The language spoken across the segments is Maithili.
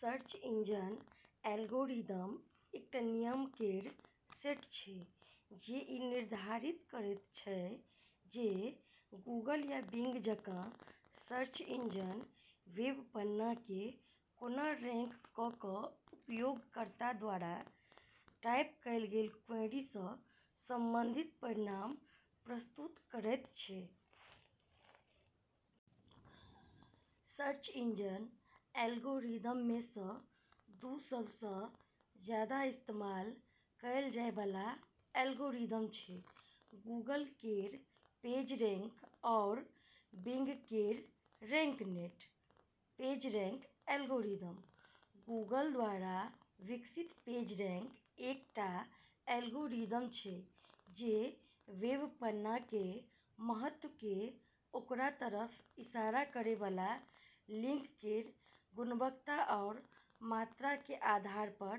सर्च इंजन एल्गोरिदम एकटा नियम केर सेट छै जे ई निर्धारित करैत छै जे गूगल या बिंग जकाँ सर्च इंजन वेब पन्ना केँ कोना रैंक कऽ कऽ उपयोगकर्ता द्वारा टाइप कएल गेल क्वेरी सँ संबंधित परिणाम प्रस्तुत करैत छै। सर्च इंजन एल्गोरिदम मे सँ दू सब सँ जादा इस्तेमाल कएल जाए बला एल्गोरिदम छै गूगल केर पेजरैंक आरू बिंग केर रैंकनेट। पेजरैंक एल्गोरिदम: गूगल द्वारा विकसित पेजरैंक एकटा एल्गोरिदम छै जे वेब पन्ना केर महत्व केँ ओकरा तरफ इशारा करै बला लिंक केर गुणवत्ता आरू मात्रा केर आधार पर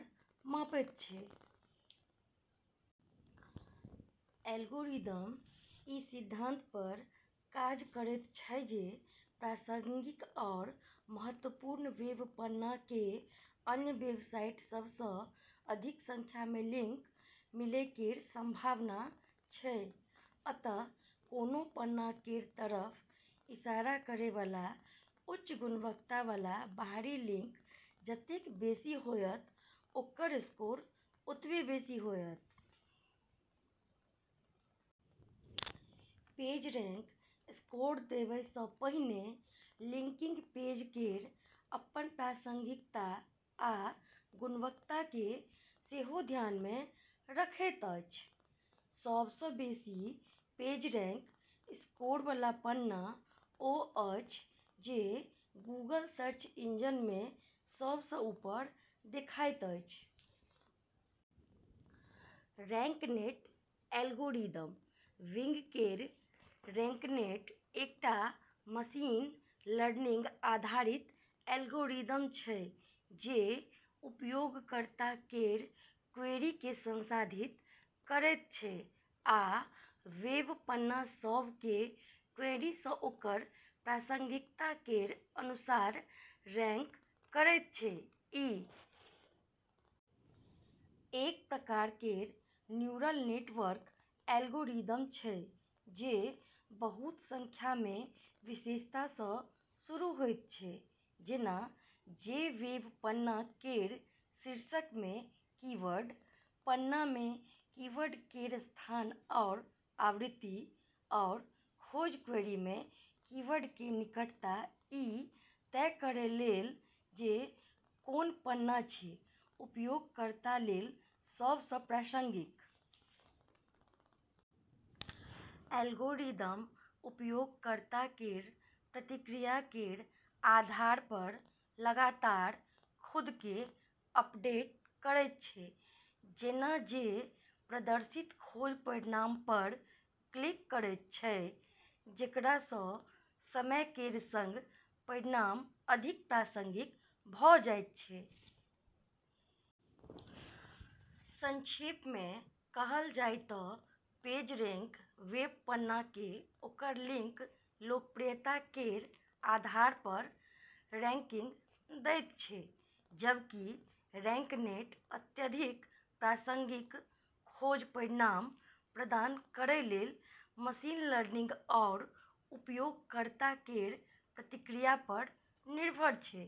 मापैत छै। एल्गोरिदम ई सिद्धांत पर काज करैत छै जे प्रासंगिक आरू महत्वपूर्ण वेब पन्ना केँ अन्य वेबसाइट सभ सँ अधिक संख्या मे लिंक मिलै केर संभावना छै। अतः, कोनो पन्ना केर तरफ इशारा करै बला उच्च गुणवत्ता बला बाहरी लिंक जतेक बेसी होएत, ओकर स्कोर ओतबे बेसी होएत। पेजरैंक स्कोर देबै सँ पहिने लिंकिंग पेज केर अपन प्रासंगिकता आ गुणवत्ता केँ सेहो ध्यान मे रखैत अछि। सब सँ बेसी पेजरैंक स्कोर बला पन्ना ओ अछि जे गूगल सर्च रिजल्ट मे सब सँ ऊपर देखाइत अछि। रैंकनेट एल्गोरिदम: बिंग केर रैंकनेट एकटा मशीन-लर्निंग आधारित एल्गोरिदम छै जे उपयोगकर्ता केर क्वेरी केँ संसाधित करैत छै आ वेब पन्ना सभ केँ क्वेरी सँ ओकर प्रासंगिकता केर अनुसार रैंक करैत छै। ई एक प्रकार केर न्यूरल नेटवर्क एल्गोरिदम छै जे बहुत संख्या मे विशेषता सँ शुरू होइत छै, जेना जे वेब पन्ना केर शीर्षक मे कीवर्ड, पन्ना मे कीवर्ड केर स्थान आरू आवृत्ति, आरू खोज क्वेरी मे कीवर्ड केर निकटता ई तय करै लेल जे कोन पन्ना छै उपयोगकर्ता लेल सब सँ प्रासंगिक। एल्गोरिदम उपयोगकर्ता केर प्रतिक्रिया केर आधार पर लगातार खुद केँ अपडेट करैत छै जेना जे प्रदर्शित खोज परिणाम पर क्लिक करैत छै, जेकरा सँ समय केर सँग परिणाम अधिक प्रासंगिक भऽ जाइत छै। संक्षेप मे कहल जाय तँ पेजरैंक वेब पन्ना केँ ओकर लिंक लोकप्रियता केर आधार पर रैंकिंग दैत छै, जबकि रैंकनेट अत्यधिक प्रासंगिक खोज परिणाम प्रदान करै लेल मशीन लर्निंग आरू उपयोगकर्ता केर प्रतिक्रिया पर निर्भर छै।